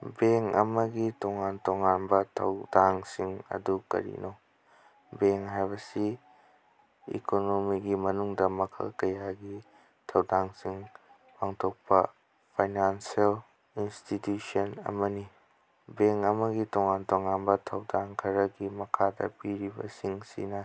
Bank ꯑꯃꯒꯤ ꯇꯣꯉꯥꯟ-ꯇꯣꯉꯥꯟꯕ ꯊꯧꯗꯥꯡꯁꯤꯡ ꯑꯗꯨ ꯀꯔꯤꯅꯣ? ꯕꯦꯡ ꯍꯥꯏꯕꯁꯤ ꯏꯀꯣꯅꯣꯃꯤꯒꯤ ꯃꯅꯨꯡꯗꯥ ꯃꯈꯜ ꯀꯌꯥꯒꯤ ꯊꯧꯗꯥꯡꯁꯤꯡ ꯄꯥꯡꯊꯣꯛꯄ ꯐꯥꯏꯅꯥꯟꯁꯤꯑꯦꯜ ꯏꯟꯁꯇꯤꯇꯌꯨꯁꯟ ꯑꯃꯅꯤ꯫ ꯕꯦꯡ ꯑꯃꯒꯤ ꯇꯣꯉꯥꯟ-ꯇꯣꯉꯥꯟꯕ ꯊꯧꯗꯥꯡ ꯈꯔꯒꯤ ꯃꯈꯥꯗ ꯄꯤꯔꯤꯕꯁꯤꯡꯁꯤꯅꯤ: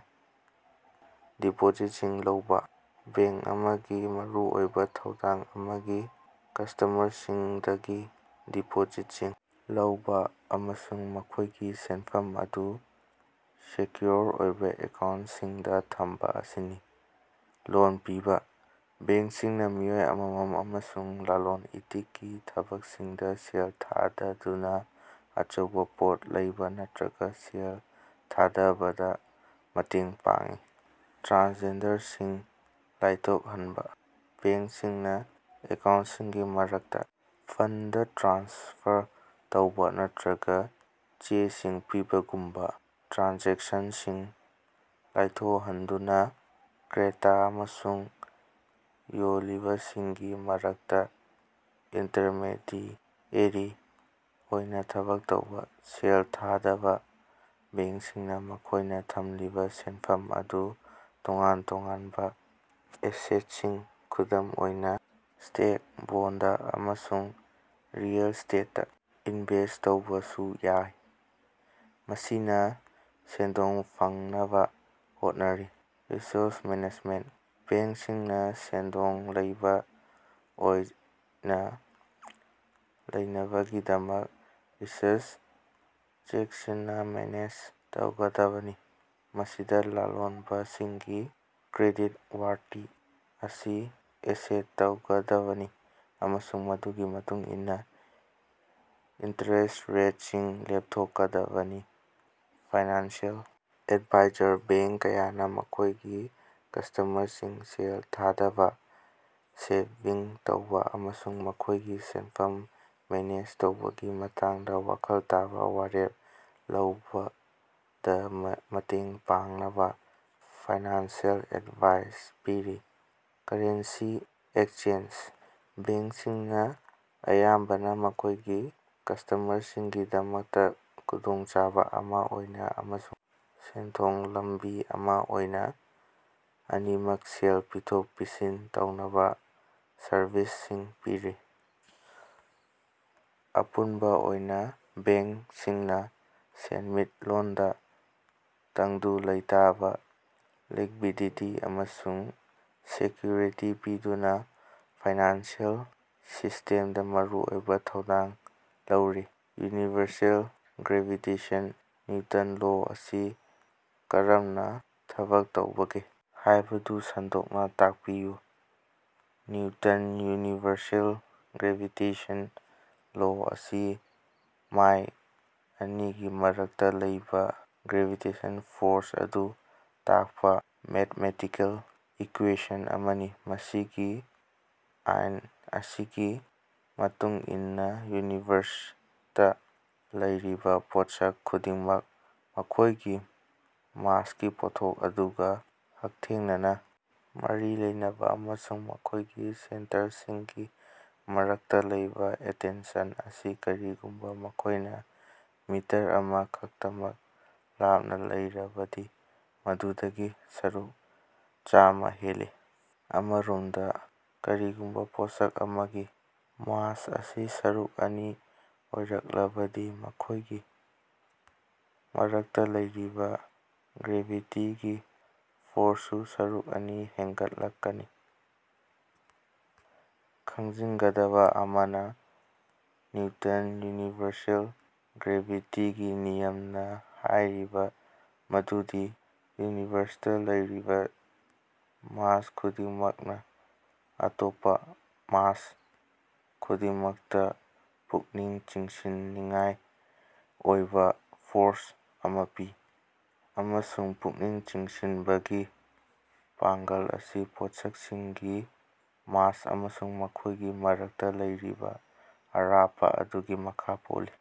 ꯗꯤꯄꯣꯖꯤꯠꯁꯤꯡ ꯂꯧꯕ: ꯕꯦꯡ ꯑꯃꯒꯤ ꯃꯔꯨꯑꯣꯏꯕ ꯊꯧꯗꯥꯡ ꯑꯃꯗꯤ ꯀꯁ꯭ꯇꯝꯃꯔꯁꯤꯡꯗꯒꯤ ꯗꯤꯄꯣꯖꯤꯠꯁꯤꯡ ꯂꯧꯕ ꯑꯃꯁꯨꯡ ꯃꯈꯣꯏꯒꯤ ꯁꯦꯟꯐꯝ ꯑꯗꯨ ꯁꯦꯀꯌꯨꯑꯣꯔ ꯑꯣꯏꯕ ꯑꯦꯀꯥꯎꯟꯇꯁꯤꯡꯗ ꯊꯝꯕ ꯑꯁꯤꯅꯤ꯫ ꯂꯣꯟ ꯄꯤꯕ: ꯕꯦꯡꯁꯤꯡꯅ ꯃꯤꯑꯣꯏ ꯑꯃꯃꯝ ꯑꯃꯁꯨꯡ ꯂꯂꯣꯟ-ꯏꯇꯤꯛꯀꯤ ꯊꯕꯛꯁꯤꯡꯗ ꯁꯦꯜ ꯊꯥꯗꯗꯨꯅ ꯑꯆꯧꯕ ꯄꯣꯠ ꯂꯩꯕ ꯅꯠꯇꯔꯒ ꯁꯦꯜ ꯊꯥꯗꯕꯗ ꯃꯇꯦꯡ ꯄꯥꯡꯏ꯫ ꯇ꯭ꯔꯥꯟꯖꯦꯛꯁꯟꯁꯤꯡ ꯂꯥꯏꯊꯣꯛꯍꯟꯕ: ꯕꯦꯡꯁꯤꯡꯅ ꯑꯦꯀꯥꯎꯟꯇꯁꯤꯡꯒꯤ ꯃꯔꯛꯇꯥ ꯐꯟꯗ ꯇ꯭ꯔꯥꯟꯁꯐꯔ ꯇꯧꯕ ꯅꯠꯇꯔꯒ ꯆꯦꯁꯤꯡ ꯄꯤꯕꯒꯨꯝꯕ ꯇ꯭ꯔꯥꯟꯖꯦꯛꯁꯟꯁꯤꯡ ꯂꯥꯏꯊꯣꯍꯟꯗꯨꯅꯥ ꯀ꯭ꯔꯦꯇꯥ ꯑꯃꯁꯨꯡ ꯌꯣꯜꯂꯤꯕꯁꯤꯡꯒꯤ ꯃꯔꯛꯇ ꯏꯟꯇꯔꯃꯦꯗꯤꯑꯦꯔꯤ ꯑꯣꯏꯅ ꯊꯕꯛ ꯇꯧꯏ꯫ ꯁꯦꯜ ꯊꯥꯗꯕ ꯕꯦꯡꯁꯤꯡꯅ ꯃꯈꯣꯏꯅ ꯊꯝꯂꯤꯕ ꯁꯦꯟꯐꯝ ꯑꯗꯨ ꯇꯣꯉꯥꯟ ꯇꯣꯉꯥꯟꯕꯥ ꯑꯦꯁꯦꯠꯁꯤꯡ, ꯈꯨꯗꯝ ꯑꯣꯏꯅ ꯁ꯭ꯇꯣꯛ, ꯕꯣꯟꯗ, ꯑꯃꯁꯨꯡ ꯔꯤꯑꯦꯜ ꯏꯁ꯭ꯇꯦꯠꯇꯥ ꯏꯟꯚꯦꯁ꯭ꯠ ꯇꯧꯕꯁꯨ ꯌꯥꯏ, ꯃꯁꯤꯅ ꯁꯦꯟꯗꯣꯡ ꯐꯪꯅꯕ ꯍꯣꯠꯅꯔꯤ꯫ ꯔꯤꯁ꯭ꯛ ꯃꯦꯅꯦꯖꯃꯦꯟꯇ: ꯕꯦꯡꯁꯤꯡꯅꯥ ꯁꯦꯟꯗꯣꯡ ꯂꯩꯕ ꯑꯣꯏꯅꯥ ꯂꯩꯅꯕꯒꯤꯗꯃꯛ ꯔꯤꯁ꯭ꯛ ꯆꯦꯀꯁꯤꯟꯅꯥ ꯃꯦꯅꯦꯖ ꯇꯧꯒꯗꯕꯅꯤ, ꯃꯁꯤꯗꯥ ꯂꯂꯣꯅꯕꯁꯤꯡꯒꯤ ꯀ꯭ꯔꯦꯗꯤꯠ ꯋꯥꯔꯇꯤ ꯑꯁꯤ ꯑꯦꯁꯦꯁ ꯇꯧꯒꯗꯕꯅꯤ ꯑꯃꯁꯨꯡ ꯃꯗꯨꯒꯤ ꯃꯇꯨꯡ ꯏꯟꯅ ꯏꯟꯇꯔꯦꯁ ꯔꯦꯠꯁꯤꯡ ꯂꯦꯞꯊꯣꯛꯀꯗꯕꯅꯤ꯫ ꯐꯥꯏꯅꯥꯟꯁꯤꯑꯦꯜ ꯑꯦꯗꯚꯥꯏꯖꯔ: ꯕꯦꯡ ꯀꯌꯥꯅ ꯃꯈꯣꯏꯒꯤ ꯀꯁ꯭ꯇꯝꯃꯔꯁꯤꯡꯗ ꯁꯦꯜ ꯊꯥꯗꯕ, ꯁꯦꯚꯤꯡ ꯇꯧꯕ ꯑꯃꯁꯨꯡ ꯃꯈꯣꯏꯒꯤ ꯁꯦꯟꯐꯝ ꯃꯦꯅꯦꯖ ꯇꯧꯕꯒꯤ ꯃꯇꯥꯡꯗ ꯋꯥꯈꯜ ꯇꯥꯕ ꯋꯥꯔꯦꯞ ꯂꯧꯕꯗꯥꯃꯇꯦꯡ ꯄꯥꯡꯅꯕ ꯐꯥꯏꯅꯥꯟꯁꯤꯑꯦꯜ ꯑꯦꯗꯚꯥꯏ ꯄꯤꯔꯤ꯫ ꯀꯔꯦꯟꯁꯤ ꯑꯦꯛꯁꯆꯦꯟꯖ: ꯕꯦꯡꯁꯤꯡꯅ ꯑꯌꯥꯝꯕꯅ ꯃꯈꯣꯏꯒꯤ ꯀꯁ꯭ꯇꯝꯃꯔꯁꯤꯡꯒꯤꯗꯃꯛꯇ ꯈꯨꯗꯣꯡꯆꯥꯕ ꯑꯃ ꯑꯣꯏꯅ ꯑꯃꯁꯨꯡ ꯁꯦꯟꯊꯣꯛ ꯂꯝꯕꯤ ꯑꯃ ꯑꯣꯏꯅ ꯑꯅꯤꯃꯛ ꯁꯦꯜ ꯄꯤꯊꯣꯛ-ꯄꯤꯁꯤꯟ ꯇꯧꯅꯕ ꯁꯔꯚꯤꯁꯁꯤꯡ ꯄꯤꯔꯤ꯫ ꯑꯄꯨꯟꯕꯥ ꯑꯣꯏꯅꯥ, ꯕꯦꯡꯁꯤꯡꯅꯥ ꯁꯦꯟꯃꯤꯠꯂꯣꯟꯗ ꯇꯪꯗꯨ ꯂꯩꯇꯥꯕ, ꯂꯤꯛꯕꯤꯗꯤꯇꯤ, ꯑꯃꯁꯨꯡ ꯁꯦꯀꯌꯨꯔꯤꯇꯤ ꯄꯤꯗꯨꯅꯥ ꯐꯥꯏꯅꯥꯟꯁꯤꯑꯦꯜ ꯁꯤꯁ꯭ꯇꯦꯝꯗꯥ ꯃꯔꯨꯑꯣꯏꯕ ꯊꯧꯗꯥꯡ ꯂꯧꯔꯤ꯫ ꯌꯨꯅꯤꯚꯔꯁꯦꯜ ꯒ꯭ꯔꯦꯚꯤꯇꯦꯁꯟ ꯅꯤꯎꯇꯟ ꯂꯣ ꯑꯁꯤ ꯀꯔꯝꯅꯥ ꯊꯕꯛ ꯇꯧꯕꯒꯦ ꯍꯥꯏꯕꯗꯨ ꯁꯟꯗꯣꯛꯅ ꯇꯥꯛꯄꯤꯌꯨ꯫ ꯅꯤꯎꯇꯟ ꯌꯨꯅꯤꯚꯔꯁꯦꯜ ꯒ꯭ꯔꯦꯚꯤꯇꯦꯁꯟ ꯂꯣ ꯑꯁꯤ ꯃꯥꯁ ꯑꯅꯤꯒꯤ ꯃꯔꯛꯇꯥ ꯂꯩꯕ ꯒ꯭ꯔꯦꯚꯤꯇꯦꯁꯅꯦꯜ ꯐꯣꯔꯁ ꯑꯗꯨ ꯇꯥꯛꯄ ꯃꯦꯊꯃꯦꯇꯤꯀꯦꯜ ꯏꯀ꯭ꯌꯦꯁꯟ ꯑꯃꯅꯤ꯫ ꯃꯁꯤꯒꯤ ꯑꯥꯏꯟ ꯑꯁꯤꯒꯤ ꯃꯇꯨꯡ ꯏꯟꯅꯥ ꯌꯨꯅꯤꯚꯔꯁꯇꯥ ꯂꯩꯔꯤꯕꯥ ꯄꯣꯠꯁꯛ ꯈꯨꯗꯤꯡꯃꯛ ꯃꯈꯣꯏꯒꯤ ꯃꯥꯁꯀꯤ ꯄꯣꯠꯊꯣꯛ ꯑꯗꯨꯒ ꯍꯛꯊꯦꯡꯅꯅꯥ ꯃꯔꯤ ꯂꯩꯅꯕꯥ ꯑꯃꯁꯨꯡ ꯃꯈꯣꯏꯒꯤ ꯁꯦꯟꯇꯔꯁꯤꯡꯒꯤ ꯃꯔꯛꯇꯥ ꯂꯩꯕ ꯑꯇꯦꯟꯁꯟ ꯑꯁꯤ ꯀꯔꯤꯒꯨꯝꯕꯥ ꯃꯈꯣꯏꯅ ꯃꯤꯇꯔ ꯑꯃꯥ ꯈꯛꯇꯃꯛ ꯂꯥꯞꯅ ꯂꯩꯔꯕꯗꯤ ꯃꯗꯨꯗꯒꯤ ꯁꯔꯨꯛ ꯆꯃꯥ ꯍꯦꯜꯂꯤ꯫ ꯑꯃꯔꯣꯝꯗ ꯀꯔꯤꯒꯨꯝꯕ ꯄꯣꯠꯁꯛ ꯑꯃꯒꯤ ꯃꯥꯁ ꯑꯁꯤ ꯁꯔꯨꯛ ꯑꯅꯤ ꯑꯣꯏꯔꯛꯂꯕꯗꯤ ꯃꯈꯣꯏꯒꯤ ꯃꯔꯛꯇ ꯂꯩꯔꯤꯕ ꯒ꯭ꯔꯦꯚꯤꯇꯤꯒꯤ ꯐꯣꯔꯁꯁꯨ ꯁꯔꯨꯛ ꯑꯅꯤ ꯍꯦꯒꯠꯂꯛꯀꯅꯤ꯫ ꯈꯪꯖꯤꯟꯒꯗꯕ ꯑꯃꯅ, ꯅꯤꯎꯇꯟ ꯌꯨꯅꯤꯚꯔꯁꯦꯜ ꯒ꯭ꯔꯦꯚꯤꯇꯤꯒꯤ ꯅꯤꯌꯝꯅ ꯍꯥꯢꯔꯤ ꯃꯗꯨꯗꯤ ꯌꯨꯅꯤꯚꯔꯁꯇꯥ ꯂꯩꯔꯤꯕ ꯃꯥꯁ ꯈꯨꯗꯤꯡꯃꯛꯅ ꯑꯇꯣꯞꯄ ꯃꯥꯁ ꯈꯨꯗꯤꯡꯃꯛꯇꯥ ꯄꯨꯛꯅꯤꯡ ꯆꯤꯡꯁꯤꯟꯅꯤꯡꯉꯥꯏ ꯑꯣꯏꯕ ꯐꯣꯔꯁ ꯑꯃ ꯄꯤ, ꯑꯃꯁꯨꯡ ꯄꯨꯛꯅꯤꯡ ꯆꯤꯡꯁꯤꯟꯕꯒꯤ ꯄꯥꯡꯒꯜ ꯑꯁꯤ ꯄꯣꯠꯁꯛꯁꯤꯡꯒꯤ ꯃꯥꯁ ꯑꯃꯁꯨꯡ ꯃꯈꯣꯏꯒꯤ ꯃꯔꯛꯇ ꯂꯩꯔꯤꯕ ꯑꯔꯥꯞꯄ ꯑꯗꯨꯒꯤ ꯃꯈꯥ ꯄꯣꯜꯂꯤ꯫।